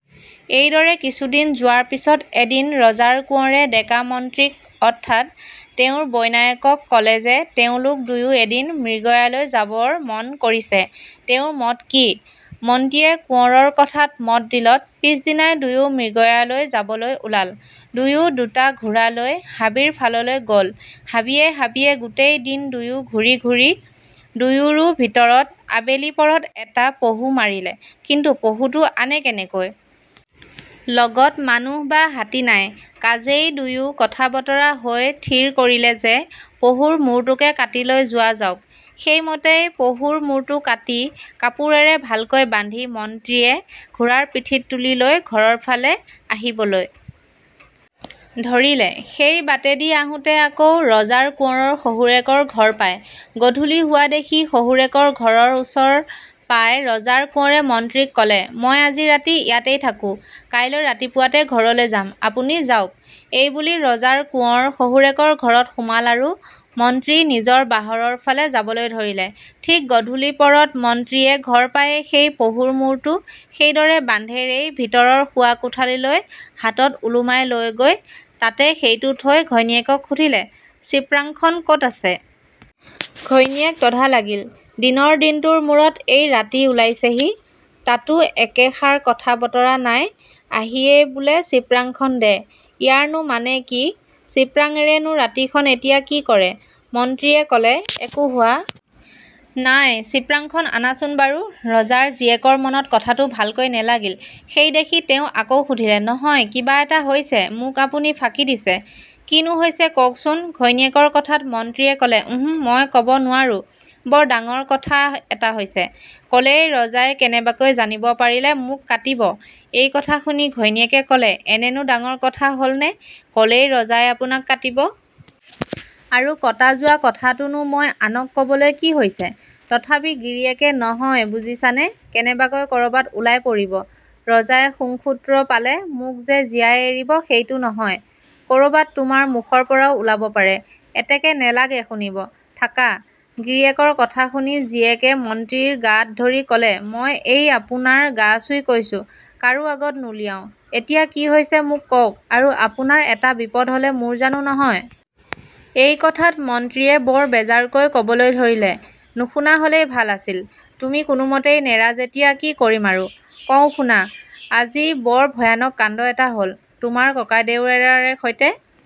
এইদৰে কিছুদিন যোৱাৰ পিছত এদিন ৰজাৰ কোঁৱৰে ডেকা-মন্ত্ৰীক অৰ্থাৎ তেওঁৰ বৈনায়েকক ক'লে যে তেওঁলোক দুয়ো এদিন মৃগয়ালৈ যাবৰ মন কৰিছে; তেওঁৰ মত কি? মন্ত্ৰীয়ে কোঁৱৰৰ কথাত মত দিলত, পিছদিনাই দুয়ো মৃগয়ালৈ যাবলৈ ওলাল৷ দুয়ো দুটা ঘোঁৰা লৈ হাবিৰ ফাললৈ গ'ল৷ হাবিয়ে হাবিয়ে গোটেই দিন দুয়ো ঘূৰি ঘূৰি দুয়োৰো ভিতৰত আবেলি পৰত এটা পহু মাৰিলে৷ কিন্তু পহুটো আনে কেনেকৈ? লগত মানুহ বা হাতী নাই; কাজেই দুয়ো কথা-বতৰা হৈ থিৰ কৰিলে যে পহুৰ মূৰটোকে কাটি লৈ যোৱা যাওক৷ সেইমতেই পহুৰ মূৰটো কাটি কাপোৰেৰে ভালকৈ বান্ধি মন্ত্ৰীয়ে ঘোৰাৰ পিঠিত তুলি লৈ ঘৰৰ ফালে আহিবলৈ ধৰিলে৷ সেই বাটেদি আহোঁতে আকৌ ৰজাৰ কোঁৱৰৰ শহুৰেকৰ ঘৰ পায়৷ গধূলি হোৱা দেখি শহুৰেকৰ ঘৰৰ ওচৰ পাই ৰজাৰ কোঁৱৰে মন্ত্ৰীক ক'লে, "মই আজি ৰাতি ইয়াতে থাকোঁ, কাইলৈ ৰাতিপুৱাতে ঘৰলৈ যাম, আপুনি যাওক৷" এইবুলি ৰজাৰ কোঁৱৰ শহুৰেকৰ ঘৰত সোমাল আৰু মন্ত্ৰী নিজৰ বাহৰৰ ফালে যাবলৈ ধৰিলে৷ ঠিক গধূলি পৰত মন্ত্ৰীয়ে ঘৰ পায়েই সেই পহুৰ মূৰটো সেইদৰে বান্ধেৰেই, ভিতৰৰ শোৱা কোঠালীলৈ হাতত ওলোমাই লৈ গৈ তাতে সেইটো থৈ ঘৈণীয়েকক সুধিলে, "চিপৰাংখন ক'ত আছে? " ঘৈণীয়েক তধা লাগিল৷ দিনৰ দিনটোৰ মূৰত এই ৰাতি ওলাইছেহি, তাতো একেষাৰ কথা-বতৰা নাই, আহিয়েই বোলে চিপৰাংখন দে৷ ইয়াৰ নো মানে কি? চিপৰাঙেৰে নো ৰাতিখন এতিয়া কি কৰে? " মন্ত্ৰীয়ে কলে, "একো হোৱা নাই, চিপৰাংখন আনাচোন বাৰু৷" ৰজাৰ জীয়েকৰ মনত কথাটো ভালকৈ নেলাগিল, সেইদেখি তেওঁ আকৌ সুধিলে, "নহয়, কিবা এটা হৈছে; মোক আপুনি ফাঁকি দিছে; কি নো হৈছে কওকচোন৷" ঘৈণীয়েকৰ কথাত মন্ত্ৰীয়ে কলে, "উহু, মই ক'ব নোৱাৰো৷ব ৰ ডাঙৰ কথা এটা হৈছে৷ ক'লেই ৰজাই কেনেবাকৈ জানিব পাৰিলে মোক কাটিব৷" এই কথা শুনি ঘৈণীয়েকে ক'লে, "এনেনো ডাঙৰ কথা হ'ল নে, ক'লেই ৰজাই আপোনাক কাটিব? আৰু কটা যোৱা কথাটো নো মই আনক ক'বলৈ কি হৈছে? " তথাপি গিৰিয়েকে "নহয় বুজিছানে কেনেবাকৈ ক'ৰবাত ওলাই পৰিব; ৰজাই সুংসুত্ৰ পালে মোক যে জীয়াই এৰিব সেইটো নহয়৷ ক'ৰবাত তোমাৰ মুখৰপৰাও ওলাব পাৰে; এতেকে নেলাগে শুনিব, থাকা৷" গিৰিয়েকৰ কথা শুনি জীয়েকে মন্ত্ৰীৰ গাত ধৰি ক'লে, "মই এই আপোনাৰ গা ছুই কৈছোঁ, কাৰো আগত নুলিয়াওঁ৷ এতিয়া কি হৈছে মোক কওক আৰু আপোনাৰ এটা বিপদ হ'লে মোৰ জানো নহয়? " এই কথাত মন্ত্ৰীয়ে বৰ বেজাৰকৈ কবলৈ ধৰিলে,-"নুশুনা হ'লেই ভাল আছিল৷ তুমি কোনোমতেই নেৰা যেতিয়া কি কৰিম আৰু? কওঁ শুনা,-আজি বৰ ভয়ানক কাণ্ড এটা হ'ল৷ তোমাৰ ককাইদেউয়েৰাৰে সৈতে